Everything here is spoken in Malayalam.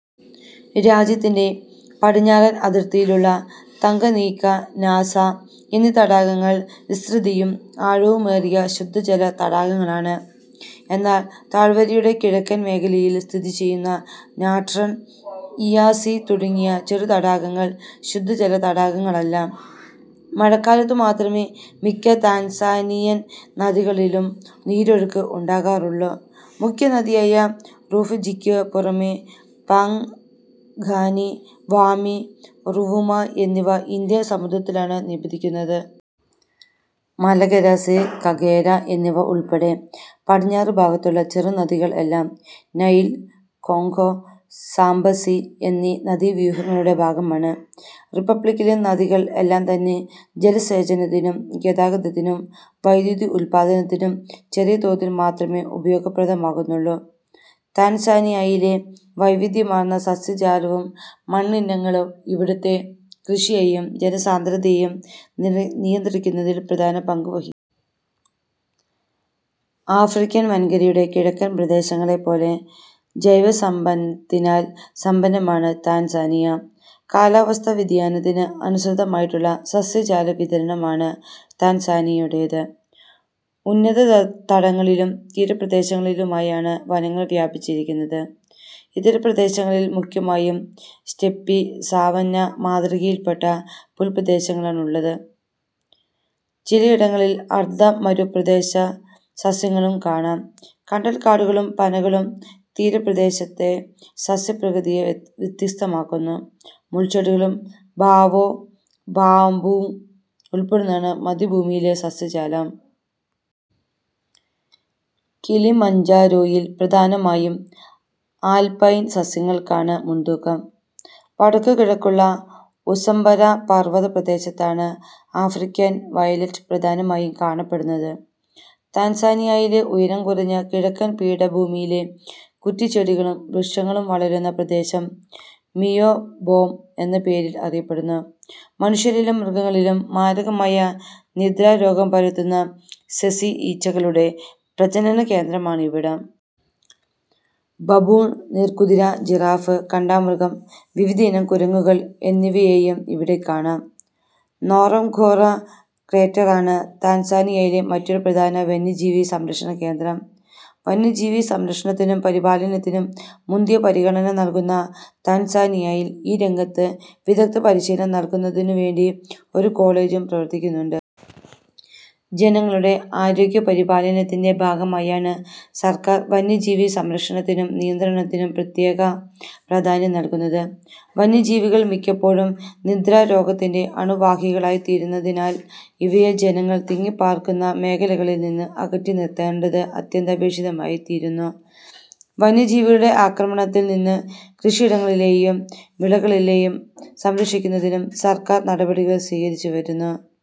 രാജ്യത്തിന്റെ പടിഞ്ഞാറൻ അതിർത്തിയിലുള്ള തങ്കനീക്ക, ന്യാസ എന്നീ തടാകങ്ങൾ വിസ്തൃതിയും ആഴവുമേറിയ ശുദ്ധജല തടാകങ്ങളാണ്. എന്നാൽ താഴ്വരയുടെ കിഴക്കൻ മേഖലയിൽ സ്ഥിതിചെയ്യുന്ന നാട്രൺ, ഇയാസി തുടങ്ങിയ ചെറുതടാകങ്ങൾ ശുദ്ധജലതടാകങ്ങളല്ല. മഴക്കാലത്തു മാത്രമേ മിക്ക താൻസാനിയൻ നദികളിലും നീരൊഴുക്ക് ഉണ്ടാകാറുള്ളൂ. മുഖ്യ നദിയായ റുഫിജിക്കു പുറമേ പാങ്ഗാനി, വാമി, റുവുമ എന്നിവ ഇന്ത്യൻ സമുദ്രത്തിലാണ് നിപതിക്കുന്നത്. മലഗരാസി, കഗേര എന്നിവ ഉൾപ്പെടെ പടിഞ്ഞാറുഭാഗത്തുള്ള ചെറുനദികൾ എല്ലാം നൈൽ, കോങ്ഗോ, സാംബസി എന്നീ നദീവ്യൂഹങ്ങളുടെ ഭാഗമാണ്. റിപ്പബ്ളിക്കിലെ നദികൾ എല്ലാംതന്നെ ജലസേചനത്തിനും ഗതാഗതത്തിനും വൈദ്യുതി ഉത്പാദനത്തിനും ചെറിയ തോതിൽ മാത്രമേ ഉപയോഗപ്രദമാകുന്നുള്ളൂ. താൻസാനിയയിലെ വൈവിധ്യമാർന്ന സസ്യജാലവും മണ്ണിനങ്ങളും ഇവിടത്തെ കൃഷിയേയും ജനസാന്ദ്രതയേയും നിയന്ത്രിക്കുന്നതിൽ പ്രധാന പങ്കുവഹിക്കുന്നു. ആഫ്രിക്കൻ വൻകരയുടെ കിഴക്കൻ പ്രദേശങ്ങളെപ്പോലെ ജൈവസമ്പത്തിനാൽ സമ്പന്നമാണ് താൻസാനിയ. കാലാവസ്ഥാ വ്യതിയാനത്തിന് അനുസൃതമായിട്ടുള്ള സസ്യജാല വിതരണമാണ് താൻസാനിയയുടേത്. ഉന്നതതടങ്ങളിലും തീരപ്രദേശങ്ങളിലുമായാണ് വനങ്ങൾ വ്യാപിച്ചിരിക്കുന്നത്. ഇതര പ്രദേശങ്ങളിൽ മുഖ്യമായും സ്റ്റെപ്പി-സാവന്ന മാതൃകയിൽപ്പെട്ട പുൽപ്രദേശങ്ങളാണുള്ളത്. ചിലയിടങ്ങളിൽ അർധ മരുപ്രദേശസസ്യങ്ങളും കാണാം. കണ്ടൽക്കാടുകളും പനകളും തീരദേശത്തെ സസ്യപ്രകൃതിയെ വ്യത്യസ്തമാക്കുന്നു. മുൾച്ചെടികളും ബാവോ ബാബും ഉൾപ്പെടുന്നതാണ് മധ്യപീഠഭൂമിയിലെ സസ്യജാലം. കിലിമഞ്ജാരോയിൽ പ്രധാനമായും ആൽപൈൻ സസ്യങ്ങൾക്കാണ് മുൻതൂക്കം. വ. കിഴക്കുള്ള ഉസംബരാ പർവതപ്രദേശത്താണ് 'ആഫ്രിക്കൻ വയലറ്റ്' പ്രധാനമായും കാണപ്പെടുന്നത്. താൻസാനിയയിലെ ഉയരം കുറഞ്ഞ കിഴക്കൻ പീഠഭൂമിയിലെ കുറ്റിച്ചെടികളും വൃക്ഷങ്ങളും വളരുന്ന പ്രദേശം മിയോംബോ എന്ന പേരിൽ അറിയപ്പെടുന്നു. മനുഷ്യരിലും മൃഗങ്ങളിലും മാരകമായ നിദ്രാരോഗം പരത്തുന്ന സെസി ഈച്ചകളുടെ പ്രജനനകേന്ദ്രമാണിവിടം. ബബൂൺ, നീർക്കുതിര, ജിറാഫ്, കാണ്ടാമൃഗം, വിവിധയിനം കുരങ്ങുകൾ എന്നിവയെയും ഇവിടെ കാണാം. നോറംഗോറ ക്രേറ്ററാണ് താൻസാനിയയിലെ മറ്റൊരു പ്രധാന വന്യജീവി സംരക്ഷണ കേന്ദ്രം. വന്യജീവി സംരക്ഷണത്തിനും പരിപാലനത്തിനും മുന്തിയ പരിഗണന നല്കുന്ന താൻസാനിയയിൽ ഈ രംഗത്ത് വിദഗ്ദ്ധ പരിശീലനം നല്കുന്നതിനു വേണ്ടി ഒരു കോളജും പ്രവർത്തിക്കുന്നുണ്ട്. ജനങ്ങളുടെ ആരോഗ്യ പരിപാലനത്തിന്റെ ഭാഗമായാണ് സർക്കാർ വന്യജീവി സംരക്ഷണത്തിനും നിയന്ത്രണത്തിനും പ്രത്യേക പ്രാധാന്യം നല്കുന്നത്. വന്യജീവികൾ മിക്കപ്പോഴും നിദ്രാരോഗത്തിന്റെ അണുവാഹികളായിത്തീരുന്നതിനാൽ ഇവയെ ജനങ്ങൾ തിങ്ങിപ്പാർക്കുന്ന മേഖലകളിൽ നിന്ന് അകറ്റി നിർത്തേണ്ടത് അത്യന്താപേക്ഷിതമായി തീരുന്നു. വന്യജീവികളുടെ ആക്രമണത്തിൽ നിന്ന് കൃഷിയിടങ്ങളേയും വിളകളേയും സംരക്ഷിക്കുന്നതിനും സർക്കാർ നടപടികൾ സ്വീകരിച്ചുവരുന്നു.